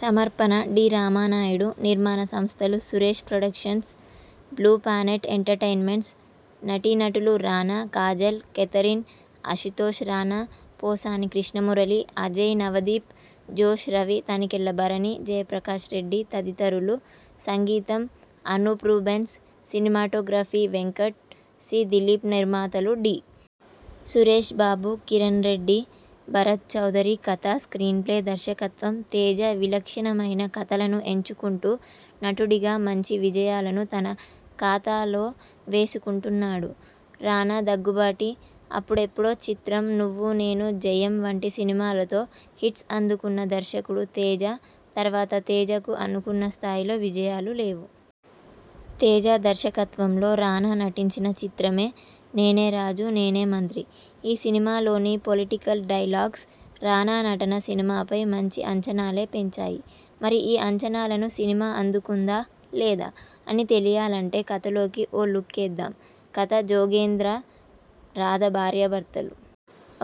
సమర్పణ డి. రామానాయుడు నిర్మాణ సంస్థలు సురేష్ ప్రొడక్షన్స్, బ్లూ పానెట్ ఎంటర్టైన్మెంట్స్ నటీనటులు రానా, కాజల్, కేథరిన్, అశుతోష్ రాణా, పోసాని కృష్ణమురళి, అజయ్, నవదీప్, జోష్ రవి, తనికెళ్లభరణి, జయప్రకాష్ రెడ్డి తదితరులు సంగీతం Anoop Rubens cinematography Venkat C. Dilip నిర్మాతలు డి. సురేష్బాబు, కిరణ్రెడ్డి, భరత్ చౌదరి కథ, స్క్రీన్ప్లే, దర్శకత్వం తేజ విలక్షణమైన కథలను ఎంచుకుంటూ నటుడిగా మంచి విజయాలను తన ఖాతాలో వేసుకుంటున్నాడు రానా దగ్గుబాటి. అప్పుడెప్పుడో చిత్రం, నువ్వు నేను, జయం వంటి సినిమాలతో హిట్స్ అందుకున్న దర్శకుడు తేజ. తర్వాత తేజకు అనుకున్న స్థాయిలో విజయాలు లేవు. తేజ దర్శకత్వంలో రానా నటించిన చిత్రమే 'నేనే రాజు నేనే మంత్రి'. ఈ సినిమాలోని పొలిటికల్ డైలాగ్స్, రానా నటన సినిమాపై మంచి అంచనాలే పెంచాయి. మరి ఈ అంచనాలను సినిమా అందుకుందా? లేదా? అని తెలియాలంటే కథలోకి ఓ లుక్కేదాం.. కథ జోగేంద్ర, రాధ భార్యభర్తలు.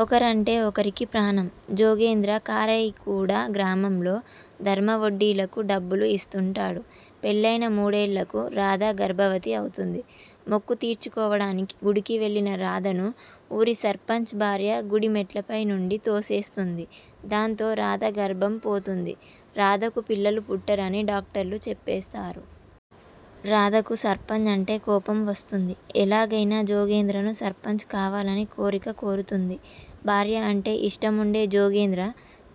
ఒకరంటే ఒకరికి ప్రాణం. జోగేంద్ర కారైకూడా గ్రామంలో ధర్మ వడ్డీలకు డబ్బులు ఇస్తుంటాడు. పెళ్లైయిన మూడేళ్లకు రాధ గర్భవతి అవుతుంది. మొక్కు తీర్చుకోవడానికి గుడికి వెళ్లిన రాధను ఊరి సర్పంచ్ భార్య గుడి మెట్లపై నుండి తోసేస్తుంది. దాంతో రాధ గర్భం పోతుంది. రాధకు పిల్లలు పుట్టరని డాక్టర్లు చెప్పేస్తారు. రాధకు సర్పంచ్ అంటే కోపం వస్తుంది. ఎలాగైనా జోగేంద్రను సర్పంచ్ కావాలని కోరిక కోరుతుంది. భార్య అంటే ఇష్టముండే జోగేంద్ర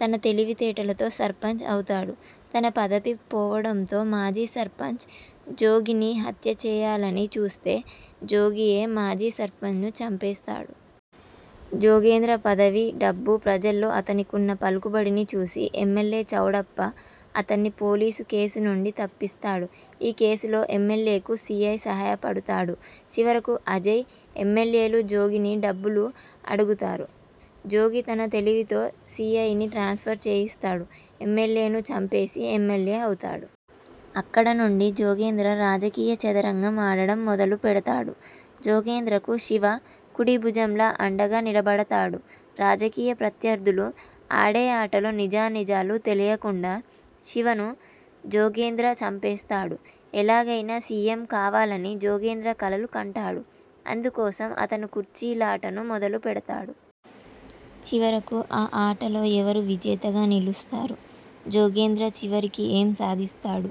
తన తెలివి తేటలతో సర్పంచ్ అవుతాడు. తన పదవి పోవడంతో మాజీ సర్పంచ్, జోగిని హత్య చేయాలని చూస్తే, జోగియే మాజీ సర్పంచ్ను చంపేస్తాడు. జోగేంద్ర పదవి, డబ్బు, ప్రజల్లో అతనికున్న పలుకుబడిని చూసి ఎమ్మెల్యే చౌడప్ప అతన్ని పోలీసు కేసు నుండి తప్పిస్తాడు. ఈ కేసులో ఎమ్మెల్యేకు సి. ఐ సహాయపడతాడు. చివరకు అజయ్, ఎమ్మెల్యేలు జోగిని డబ్బులు అడుగుతారు. జోగి తన తెలివితో సిఐని ట్రాన్స్ఫర్ చేయిస్తాడు. ఎమ్మెల్యేను చంపేసి ఎమ్మెల్యే అవుతాడు. అక్కడ నుండి జోగేంద్ర రాజకీయ చదరంగం ఆడటం మొదలు పెడతాడు. జోగేంద్రకు శివ కుడి భుజంలా అండగా నిలబడతాడు. రాజకీయ ప్రత్యర్థులు ఆడే ఆటలో నిజా నిజాలు తెలియకుండా శివను జోగేంద్ర చంపేస్తాడు. ఎలాగైనా సీఎం కావాలని జోగేంద్ర కలలు కంటాడు. అందుకోసం అతను కుర్చీలాటను మొదలు పెడతాడు. చివరకు ఆ ఆటలో ఎవరు విజేతగా నిలుస్తారు? జోగేంద్ర చివరికి ఏం సాధిస్తాడు?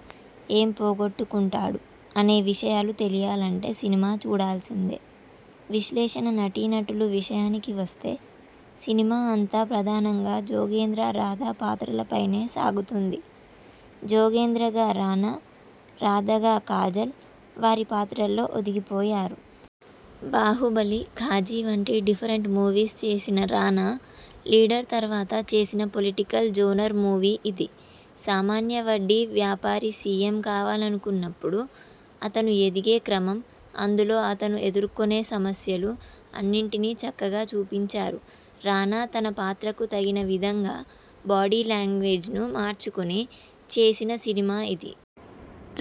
ఏం పొగొట్టుకుంటాడు? అనే విషయాలు తెలియాలంటే సినిమా చూడాల్సిందే. విశ్లేషణ నటీనటులు విషయానికి వస్తే సినిమా అంతా ప్రధానంగా జోగేంద్ర, రాధ పాత్రలపైనే సాగుతుంది. జోగేంద్రగా రానా, రాధగా కాజల్ వారి పాత్రల్లో ఒదిగిపోయారు. బాహుబలి, ఘాజీ వంటి డిఫరెంట్ మూవీస్ చేసిన రానా లీడర్ తర్వాత చేసిన పొలిటికల్ జోనర్ మూవీ ఇది. సామాన్య వడ్డీ వ్యాపారి సీఎం కావాలనుకున్నప్పుడు అతను ఎదిగే క్రమం, అందులో అతను ఎదుర్కొనే సమస్యలు అన్నింటినీ చక్కగా చూపించారు. రానా తన పాత్రకు తగిన విధంగా బాడీ లాంగ్వేజ్ను మార్చుకుని చేసిన సినిమా ఇది.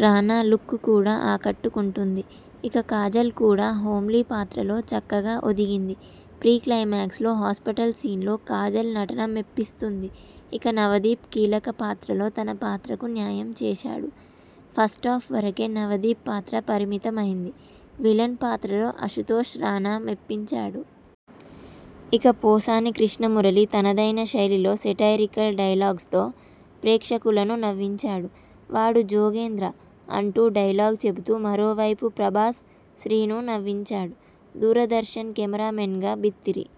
రానా లుక్ కూడా ఆకట్టుకుంటుంది. ఇక కాజల్ కూడా హోమ్లి పాత్రలో చక్కగా ఒదిగింది. ప్రీ క్లైమాక్స్లో హాస్పిటల్ సీన్లో కాజల్ నటన మెప్పిస్తుంది. ఇక నవదీప్ కీలక పాత్రలో తన పాత్రకు న్యాయం చేశాడు. ఫస్టాఫ్ వరకే నవదీప్ పాత్ర పరిమితమైంది. విలన్ పాత్రలో అశుతోష్ రానా మెప్పించాడు. ఇక పోసాని కృష్ణమురళి తనదైన శైలిలో సెటైరికల్ డైలాగ్స్తో ప్రేక్షకులను నవ్వించాడు. వాడు జోగేంద్ర.. అంటూ డైలాగ్ చెబుతూ మరోవైపు ప్రభాస్ శ్రీను నవ్వించాడు. దూరదర్శన్ కెమెరామెన్గా బిత్తిరి